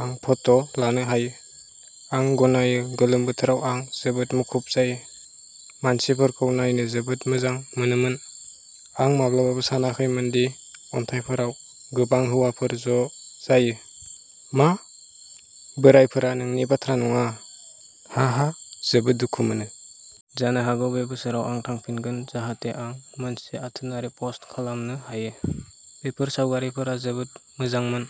आं फट'लानो हायो। आं गनायो गोलोम बोथोराव आं जोबोद मुखुब जायो। मानसिफोरखौ नायनो जोबोद मोजां मोनोमोन। आं माब्लाबाबो सानाखैमोन दि अन्थाइफोराव गोबां हौवाफोर ज'जायो। मा? बोराइफोरा नोंनि बाथ्रा नङा? हाहा जोबोद दुखु मोनो! जानो हागौ बे बोसोराव आं थांफिनगोन जाहाथे आं मोनसे आथोनारि पस्ट खालामनो हायो। बेफोर सावगारिफोरा जोबोद मोजांमोन।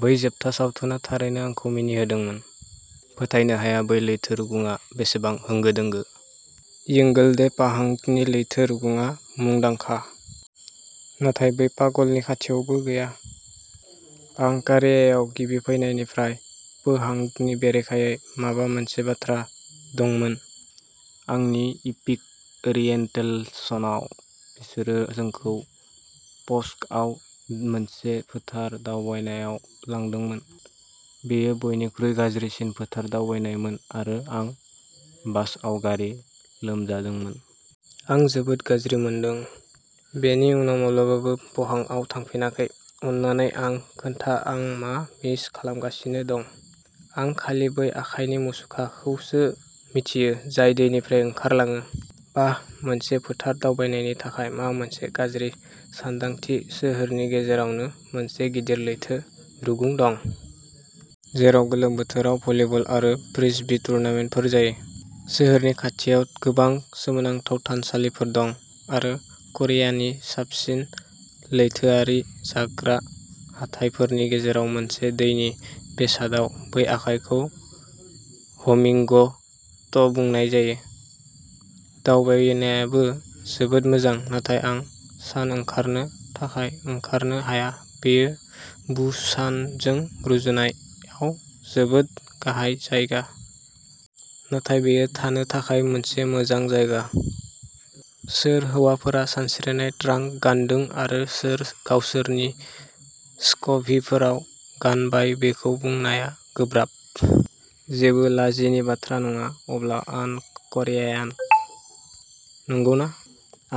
बै जोबथा सावथुना थारैनो आंखौ मिनिहोदोंमोन। फोथायनो हाया बै लैथो रुगुंआ बेसेबां होंगो दोंगो। योंगिल्डे पोहांगनि लैथो रुगुंआ मुंदांखा। नाथाय बै पागलनि खाथियावबो गैया। आं करियायाव गिबि फैनायनिफ्राय पोहांगनि बेरेखायै माबा मोनसे बाथ्रा दंमोन। आंनि इपिक ओरियेनटेसनाव बिसोरो जोंखौ पस्क'आव मोनसे फोथार दावबायनायाव लांदोंमोन। बेयो बयनिख्रुइ गाज्रिसिन फोथार दावबायथायमोन आरो आं बासआव गारि लोमजादोंमोन। आं जोबोद गाज्रि मोनदों। बेनि उनाव माब्लाबाबो पहांआव थांफिनाखै। अननानै आं खोन्था आं मा मिस खालामगासिनो दं। आं खालि बै आखाइनि मुसुखाखौसो मिथियो जाय दैनिफ्राय ओंखारलाङो। बाह मोनसे फोथार दावबायनायनि थाखाय मा मोनसे गाज्रि सानदांथि सोहोरनि गेजेरआवनो मोनसे गिदिर लैथो रुगुं दं। जेराव गोलोम बोथोराव भलिबल आरो फ्रिस्बी टुर्नामेन्टफोर जायो। सोहोरनि खाथियाव गोबां सोमोनांथाव थानसालिफोर दं आरो करियानि साबसिन लैथोआरि जाग्रा हाथाइफोरनि गेजेराव मोनसे दैनि बेसादाव बै आखाइखौ हमिग'ट बुंनाय जायो। दावबायनायाबो जोबोद मोजां नाथाय आं सान ओंखारनो थाखाय ओंखारनो हाया बेयो बुसानजों रुजुनायाव जोबोद गाहाय जायगा। नाथाय बेयो थानो थाखाय मोनसे मोजां जायगा। सोर हौवाफोरा सानस्रिनाय ट्रांक गान्दों आरो सोर गावसोरनि स्कभिफोराव गानबाय बेखौ बुंनाया गोब्राब। जेबो लाजिनि बाथ्रा नङा अब्ला आं क'रियान। नंगौना?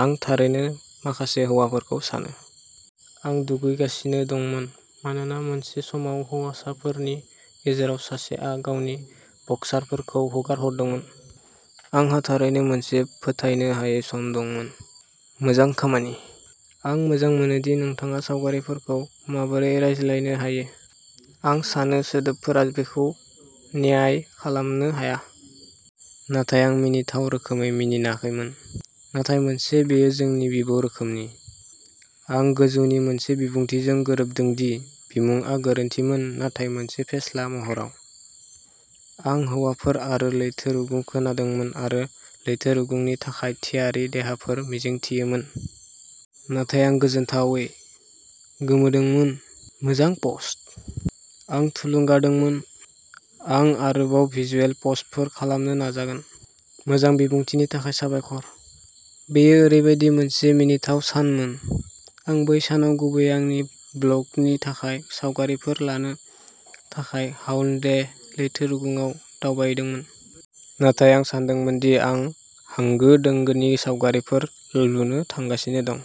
आं थारैनो माखासे हौवाफोरखौ सानो। आं दुगैगासिनो दंमोन मानोना मोनसे समाव हौवाफोरनि गेजेराव सासेआ गावनि बक्सारफोरखौ गारहरदोंमोन। आंहा थारैनो मोनसे फोथायनो हायै सम दंमोन। मोजां खामानि! आं मोजां मोनो दि नोंथाङा सावगारिफोरखौ माबोरै रायज्लायनो होयो। आं सानो सोदोबफोरा बेखौ न्याय खालामनो हाया। नाथाय आं मिनिथाव रोखोमै मिनिाखैमोन। नाथाय मोनसे बेयो जोंनि बिबौ रोखोमनि। आं गोजौनि मोनसे बिबुंथिजों गोरोबदों दि बिमुंआ गोरोन्थिमोन नाथाय मोनसे फेस्ला महराव। आं हौवाफोर आरो लैथो रुगुं खोनादोंमोन आरो लैथो रुगुंनि थाखाय थियारि देहाफोर मिजिंथियोमोन। नाथाय आं गोजोनथावै? गोमोदोंमोन। मोजां पस्ट। आं थुलुंगा दोंमोन। आं आरोबाव भिजुएल पस्टफोर खालामनो नाजागोन। मोजां बिबुंथिनि थाखाय साबायखर। बेयो ओरैबायदि मोनसे मिनिथाव सानमोन। आं बै सानाव गुबैयै आंनि ब्लगनि थाखाय सावगारिफोर लानो थाखाय हाउन्डे लैथो रुगुंआव दावबायदोंमोन। नाथाय आं सानदोंमोन दि आं होंगो दोंगोनि सावगारिफोर लुनो थांगासिनो दं।